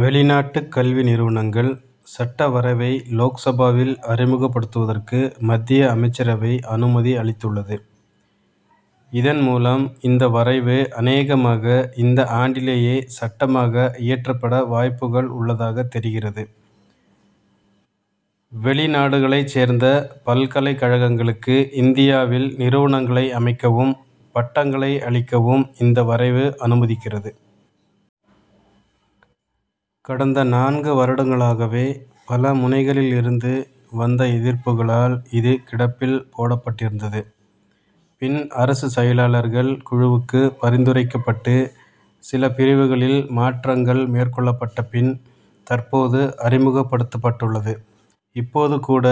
வெளிநாட்டுக் கல்வி நிறுவனங்கள் சட்ட வரைவை லோக்சபாவில் அறிமுகப்படுத்துவதற்கு மத்திய அமைச்சரவை அனுமதி அளித்துள்ளது. இதன் மூலம் இந்த வரைவு அனேகமாக இந்த ஆண்டிலேயே சட்டமாக இயற்றப்பட வாய்ப்புகள் உள்ளதாக தெரிகிறது. வெளிநாடுகளைச் சேர்ந்த பல்கலைக் கழகங்களுக்கு, இந்தியாவில் நிறுவனங்களை அமைக்கவும், பட்டங்களை அளிக்கவும் இந்த வரைவு அனுமதிக்கிறது. கடந்த நான்கு வருடங்களாகவே, பல முனைகளிலிருந்து வந்த எதிர்ப்புகளால் இது கிடப்பில் போடப்பட்டிருந்தது. பின் அரசு செயலர்கள் குழுவுக்கு பரிந்துரைக்கப்பட்டு சில பிரிவுகளில் மாற்றங்கள் மேற்கொள்ளப்பட்ட பின், தற்போது அறிமுகப்படுத்தப் பட்டுள்ளது. இப்போது கூட,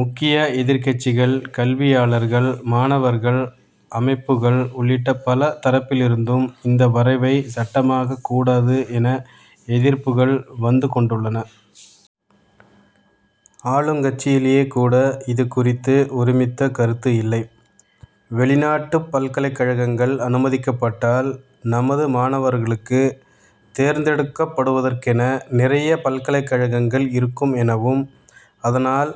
முக்கிய எதிர்கட்சிகள், கல்வியாளர்கள், மாணவர்கள் அமைப்புகள் உள்ளிட்ட பல தரப்பிலிருந்தும் இந்த வரைவை சட்டமாக்கக் கூடாது என எதிர்ப்புகள் வந்து கொண்டுள்ளன. ஆளுங்கட்சியிலேயே கூட இது குறித்து ஒருமித்த கருத்து இல்லை. வெளிநாட்டுப் பல்கலைக்கழகங்கள் அனுமதிக்கப்பட்டால் நமது மாணவர்களுக்கு தேர்ந்தெடுக்கப் படுவதற்கென நிறைய பல்கலைக்கழகங்கள் இருக்கும் எனவும் அதனால்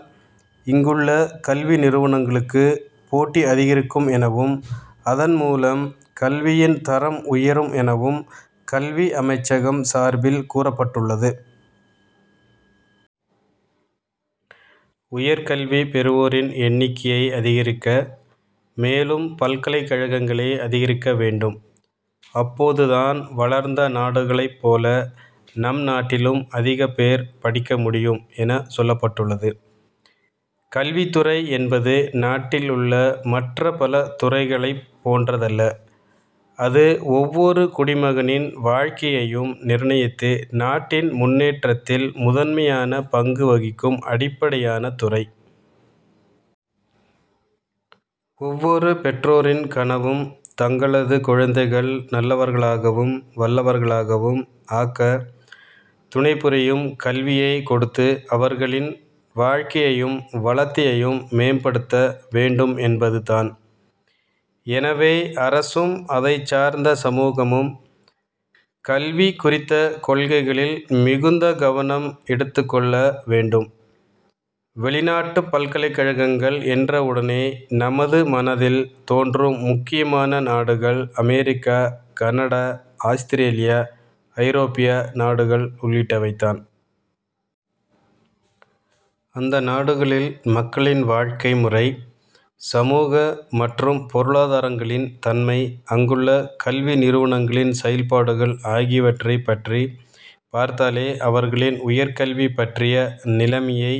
இங்குள்ள கல்வி நிறுவனங்களுக்கு, போட்டி அதிகரிக்கும் எனவும் அதன் மூலம் கல்வியின் தரம் உயரும் எனவும் கல்வி அமைச்சகம் சார்பில் கூறப்பட்டுள்ளது. உயர் கல்வி பெறுவோரின் எண்ணிக்கையை அதிகரிக்க மேலும் பல்கலைக்கழகங்களை அதிகரிக்க வேண்டும். அப்போது தான் வளர்ந்த நாடுகளைப் போல, நம் நாட்டிலும் அதிகம் பேர் படிக்க முடியும் என சொல்லப்பட்டுள்ளது. கல்வித்துறை என்பது நாட்டிலுள்ள மற்ற பல துறைகளைப் போன்றதல்ல. அது ஒவ்வொரு குடிமகனின் வாழ்க்கையையும் நிர்ணயித்து நாட்டின் முன்னேற்றத்தில் முதன்மையான பங்கு வகிக்கும் அடிப்படையான துறை. ஒவ்வொரு பெற்றோரின் கனவும், தங்களது குழந்தைகள் நல்லவர்களாகவும் வல்லவர்களாகவும் ஆக்க துணைபுரியும் கல்வியை கொடுத்து அவர்களின் வாழ்வையும் வளத்தையும் மேம்படுத்த வேண்டும் என்பதுதான். எனவே அரசும் அதைச்சார்ந்த சமூகமும், கல்வி குறித்த கொள்கைகளில் மிகுந்த கவனம் எடுத்துக் கொள்ள வேண்டும். வெளிநாட்டுப் பல்கலைக்கழகங்கள் என்றவுடனே நமது மனதில் தோன்றும் முக்கியமான நாடுகள் அமெரிக்கா, கனடா, ஆஸ்திரேலியா, ஐரோப்பா நாடுகள் உள்ளிட்டவைதான். அந்த நாடுகளில் மக்களின் வாழ்க்கை முறை, சமூக மற்றும் பொருளாதாரங்களின் தன்மை, அங்குள்ள கல்வி நிறுவனங்களின் செயல்பாடுகள் ஆகியவற்றை பற்றி பார்த்தாலே அவர்களின் உயர்கல்வி பற்றிய நிலைமையை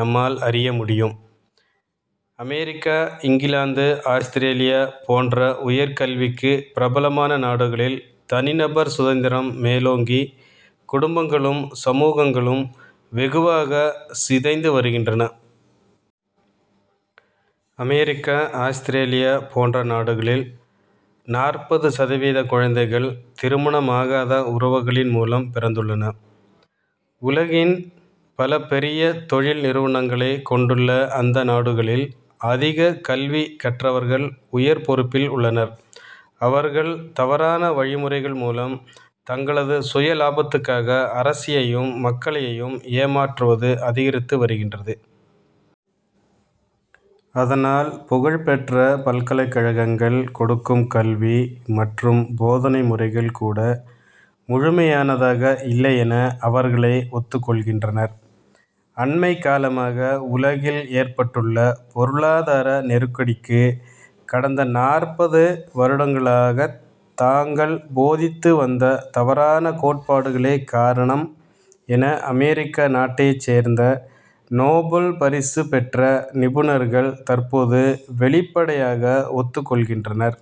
நம்மால் அறிய முடியும். அமெரிக்கா, இங்கிலாந்து, ஆஸ்திரேலியா போன்ற உயர்கல்விக்கு பிரபலமான நாடுகளில் தனிநபர் சுதந்திரம் மேலோங்கி குடும்பங்களும், சமூகங்களும் வெகுவாக சிதைந்துவருகின்றன. அமெரிக்கா, ஆஸ்திரேலியா போன்ற நாடுகளில் நாற்பது சதவீதம் குழந்தைகள், திருமணமாகாத உறவுகளின் மூலம் பிறந்துள்ளன. உலகின் பல பெரிய தொழில் நிறுவனங்களைக் கொண்டுள்ள அந்த நாடுகளில் அதிக கல்வி கற்றவர்கள் உயர் பொறுப்பில் உள்ளனர். அவர்கள் தவறான வழிமுறைகள் மூலம் தங்களது சுயலாபத்துக்காக அரசையும், மக்களையும் ஏமாற்றுவது அதிகரித்து வருகிறது. அதனால் புகழ்பெற்ற பல்கலைக்கழகங்கள் கொடுக்கும் கல்வி மற்றும் போதனை முறைகள் கூட முழுமையானதாக இல்லையென அவர்களே ஒத்துக் கொள்கின்றனர். அண்மைக்காலமாக உலகில் ஏற்பட்டுள்ள பொருளாதார நெருக்கடிக்கு கடந்த நாற்பது வருடங்களாகத் தாங்கள் போதித்து வந்த தவறான கோட்பாடுகளே காரணம் என அமெரிக்கா நாட்டைச் சேர்ந்த நோபல் பரிசு பெற்ற, நிபுணர்கள் தற் போது வெளிப்படையாக ஒத்துக்கொள்கின்றனர்.